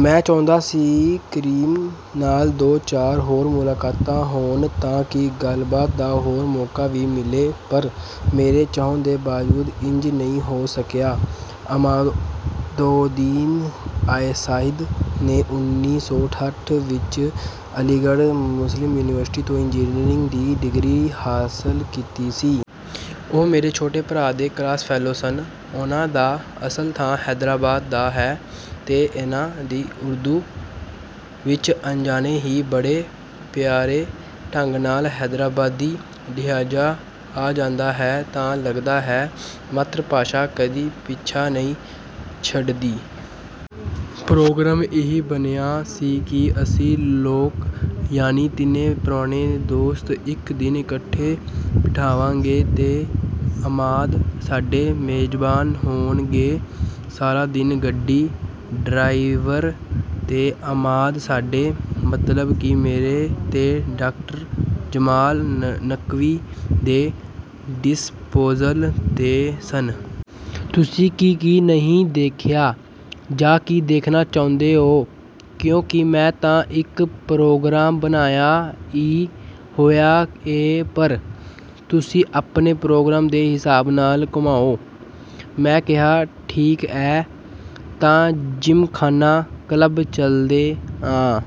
ਮੈਂ ਚਾਹੁੰਦਾ ਸੀ ਕਰੀਮ ਨਾਲ ਦੋ-ਚਾਰ ਹੋਰ ਮੁਲਾਕਾਤਾਂ ਹੋਣ, ਤਾਂ ਕਿ ਗੱਲਬਾਤ ਦਾ ਹੋਰ ਮੌਕਾ ਵੀ ਮਿਲੇ। ਪਰ ਮੇਰੇ ਚਾਹੁਣ ਦੇ ਬਾਵਜੂਦ ਇੰਜ ਨਹੀਂ ਹੋ ਸਕਿਆ। ਅਮਾਦਉੱਦੀਨ ਸਈਦ ਨੇ ਉੱਨੀ ਸੌ ਸੱਠ ਵਿੱਚ ਅਲੀਗੜ੍ਹ ਮੁਸਲਿਮ ਯੂਨੀਵਰਸਿਟੀ ਤੋਂ ਇੰਜੀਨੀਅਰਿੰਗ ਦੀ ਡਿਗਰੀ ਹਾਸਲ ਕੀਤੀ ਸੀ। ਉਹ ਮੇਰੇ ਛੋਟੇ ਭਰਾ ਦੇ ਕਲਾਸ-ਫੈਲੋ ਸਨ। ਉਹਨਾਂ ਦਾ ਅਸਲ ਥਾਂ ਹੈਦਰਾਬਾਦ ਦਾ ਹੈ ਤੇ ਇਹਨਾਂ ਦੀ ਉਰਦੂ ਵਿੱਚ ਅਣਜਾਣੇ ਹੀ, ਬੜੇ ਪਿਆਰੇ ਢੰਗ ਨਾਲ, ਹੈਦਰਾਬਾਦੀ ਲਹਿਜ਼ਾ ਆ ਜਾਂਦਾ ਹੈ, ਤਾਂ ਲੱਗਦਾ ਹੈ ਮਾਤ੍ਰਭਾਸ਼ਾ ਕਦੀ ਪਿੱਛਾ ਨਹੀਂ ਛੱਡਦੀ। ਪ੍ਰੋਗਰਾਮ ਇਹ ਬਣਿਆ ਸੀ ਕਿ ਅਸੀਂ ਲੋਕ, ਯਾਨੀ ਤਿੰਨੇ ਪੁਰਾਣੇ ਦੋਸਤ, ਇੱਕ ਦਿਨ ਇਕੱਠੇ ਬਿਡਾਵਾਂਗੇ ਤੇ ਅਮਾਦ ਸਾਡੇ ਮੇਜ਼ਬਾਨ ਹੋਣਗੇ। ਸਾਰਾ ਦਿਨ ਗੱਡੀ, ਡਰਾਈਵਰ ਤੇ ਅਮਾਦ ਸਾਡੇ, ਮਤਲਬ ਕਿ ਮੇਰੇ ਤੇ ਡਾ. ਜਮਾਲ ਨਕਵੀ ਦੇ, 'ਡਿਸਪੋਜ਼ਲ' 'ਤੇ ਸਨ। "ਤੁਸੀਂ ਕੀ-ਕੀ ਨਹੀਂ ਦੇਖਿਆ? ਜਾਂ ਕੀ ਦੇਖਣਾ ਚਾਹੁੰਦੇ ਓ? ਕਿਉਂਕਿ ਮੈਂ ਤਾਂ ਇੱਕ ਪ੍ਰੋਗਰਾਮ ਬਣਾਇਆ ਈ ਹੋਇਆ ਏ, ਪਰ...।" "ਤੁਸੀਂ ਆਪਣੇ ਪ੍ਰੋਗਰਾਮ ਦੇ ਹਿਸਾਬ ਨਾਲ ਘੁਮਾਓ।" ਮੈਂ ਕਿਹਾ - ਠੀਕ ਐ, ਤਾਂ ਜ਼ਿਮਖ਼ਾਨਾ ਕਲੱਬ ਚਲਦੇ ਆਂ।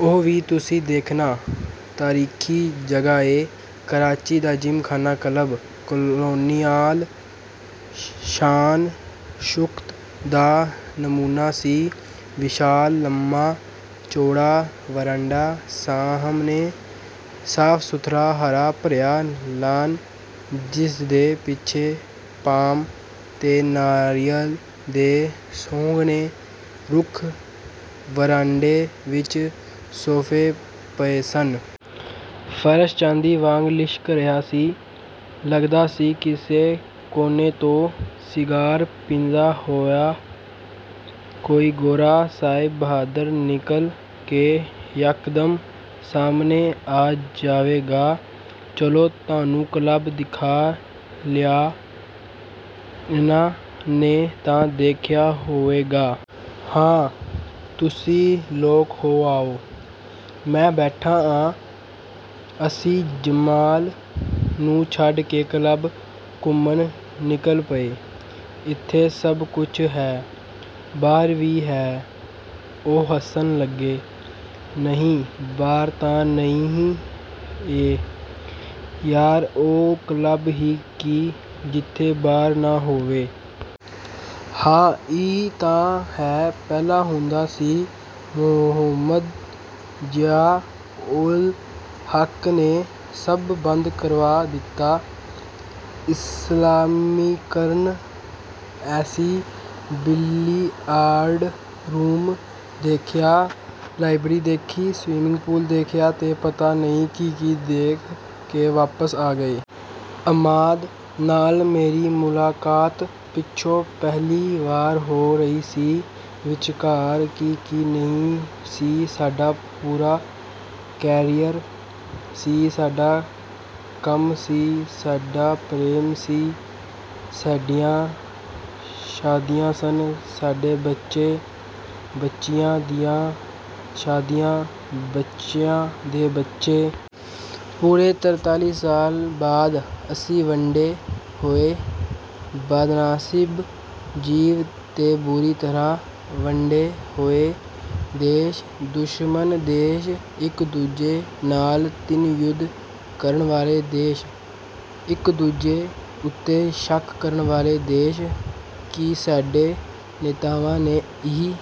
ਉਹ ਵੀ ਤੁਸੀਂ ਦੇਖਣਾਤਾਰੀਖ਼ੀ ਜਗ੍ਹਾ ਏ।" ਕਰਾਚੀ ਦਾ ਜ਼ਿਮਖ਼ਾਨਾ ਕਲੱਬ 'ਕਾਲੋਨੀਅਲ' ਸ਼ਾਨ-ਸ਼ੌਕਤ ਦਾ ਨਮੂਨਾ ਸੀ। ਵਿਸ਼ਾਲ, ਲੰਮਾ-ਚੌੜਾ ਵਰਾਂਡਾ... ਸਾਹਮਣੇ ਸਾਫ਼-ਸੁਥਰਾ, ਹਰਾ-ਭਰਿਆ ਲਾਨ, ਜਿਸਦੇ ਪਿੱਛੇ ਪਾਮ ਤੇ ਨਾਰੀਅਲ ਦੇ ਸੰਘਣੇ ਰੁੱਖ... ਵਰਾਂਡੇ ਵਿੱਚ ਸੋਫ਼ੇ ਪਏ ਸਨ... ਫ਼ਰਸ਼ ਚਾਂਦੀ ਵਾਂਗ ਲਿਸ਼ਕ ਰਿਹਾ ਸੀ। ਲੱਗਦਾ ਸੀ, ਕਿਸੇ ਕੋਨੇ ਤੋਂ ਸਿਗਾਰ ਪੀਂਦਾ ਹੋਇਆ ਕੋਈ ਗੋਰਾ ਸਾਹਿਬ ਬਹਾਦਰ ਨਿਕਲ ਕੇ ਯਕਦਮ ਸਾਹਮਣੇ ਆ ਜਾਵੇਗਾ। "ਚਲੋ, ਤੁਹਾਨੂੰ ਕਲੱਬ ਦਿਖਾ ਲਿਆਂ ਇਹਨਾਂ ਨੇ ਤਾਂ ਦੇਖਿਆ ਹੋਵੇਗਾ।" "ਹਾਂ, ਤੁਸੀਂ ਲੋਕ ਹੋ ਆਓ, ਮੈਂ ਬੈਠਾ ਆਂ।" ਅਸੀਂ ਜਮਾਲ ਨੂੰ ਛੱਡ ਕੇ ਕਲੱਬ ਘੁੰਮਣ ਨਿਕਲ ਪਏ। "ਇੱਥੇ ਸਭ ਕੁਝ ਹੈ।" "ਬਾਰ ਵੀ ਹੈ?" ਉਹ ਹੱਸਣ ਲੱਗੇ। "ਨਹੀਂ, ਬਾਰ ਤਾਂ ਨਹੀਂ ਏ।" "ਯਾਰ, ਉਹ ਕਲੱਬ ਹੀ ਕੀ ਜਿੱਥੇ ਬਾਰ ਨਾ ਹੋਵੇ।" "ਹਾਂ, ਇਹ ਤਾਂ ਹੈ ਪਹਿਲਾਂ ਹੁੰਦਾ ਸੀ... ਮੁਹੰਮਦ ਜ਼ਿਆ-ਉਲ-ਹੱਕ ਨੇ ਸਭ ਬੰਦ ਕਰਵਾ ਦਿੱਤਾ ਇਸਲਾਮੀਕਰਨ।" ਅਸੀਂ ਬਿਲੀਅਰਡ ਰੂਮ ਦੇਖਿਆ, ਲਾਇਬ੍ਰੇਰੀ ਦੇਖੀ, ਸਵਿਮਿੰਗ ਪੂਲ ਦੇਖਿਆ ਤੇ ਪਤਾ ਨਹੀਂ ਕੀ-ਕੀ ਦੇਖ ਕੇ ਵਾਪਸ ਆ ਗਏ। ਅਮਾਦ ਨਾਲ ਮੇਰੀ ਮੁਲਾਕਾਤ ਪਿੱਛੋਂ ਪਹਿਲੀ ਵਾਰ ਹੋ ਰਹੀ ਸੀ। ਵਿਚਕਾਰ ਕੀ-ਕੀ ਨਹੀਂ ਸੀ। ਸਾਡਾ ਪੂਰਾ ਕੈਰੀਅਰ ਸੀ। ਸਾਡਾ ਕੰਮ ਸੀ ਸਾਡਾ ਪ੍ਰੇਮ ਸੀ ਸਾਡੀਆਂ ਸ਼ਾਦੀਆਂ ਸਨ ਸਾਡੇ ਬੱਚੇ‌ ਬੱਚਿਆਂ ਦੀਆਂ ਸ਼ਾਦੀਆਂ ਬੱਚਿਆਂ ਦੇ ਬੱਚੇ ਪੂਰੇ ਤਰਤਾਲੀ ਸਾਲ ਬਾਅਦ ਅਸੀਂ ਵੰਡੇ ਹੋਏ ਬਦਨਸੀਬ ਜੀਵ ਤੇ ਬੁਰੀ ਤਰ੍ਹਾਂ ਵੰਡੇ ਹੋਏ ਦੇਸ਼। ਦੁਸ਼ਮਣ ਦੇਸ਼। ਇੱਕ-ਦੂਜੇ ਨਾਲ ਤਿੰਨ ਯੁੱਧ ਕਰਨ ਵਾਲੇ ਦੇਸ਼‌ ਇੱਕ-ਦੂਜੇ ਉੱਤੇ ਸ਼ੱਕ ਕਰਨ ਵਾਲੇ ਦੇਸ਼‌ ਕੀ ਸਾਡੇ ਨੇਤਾਵਾਂ ਨੇ ਇਹੀ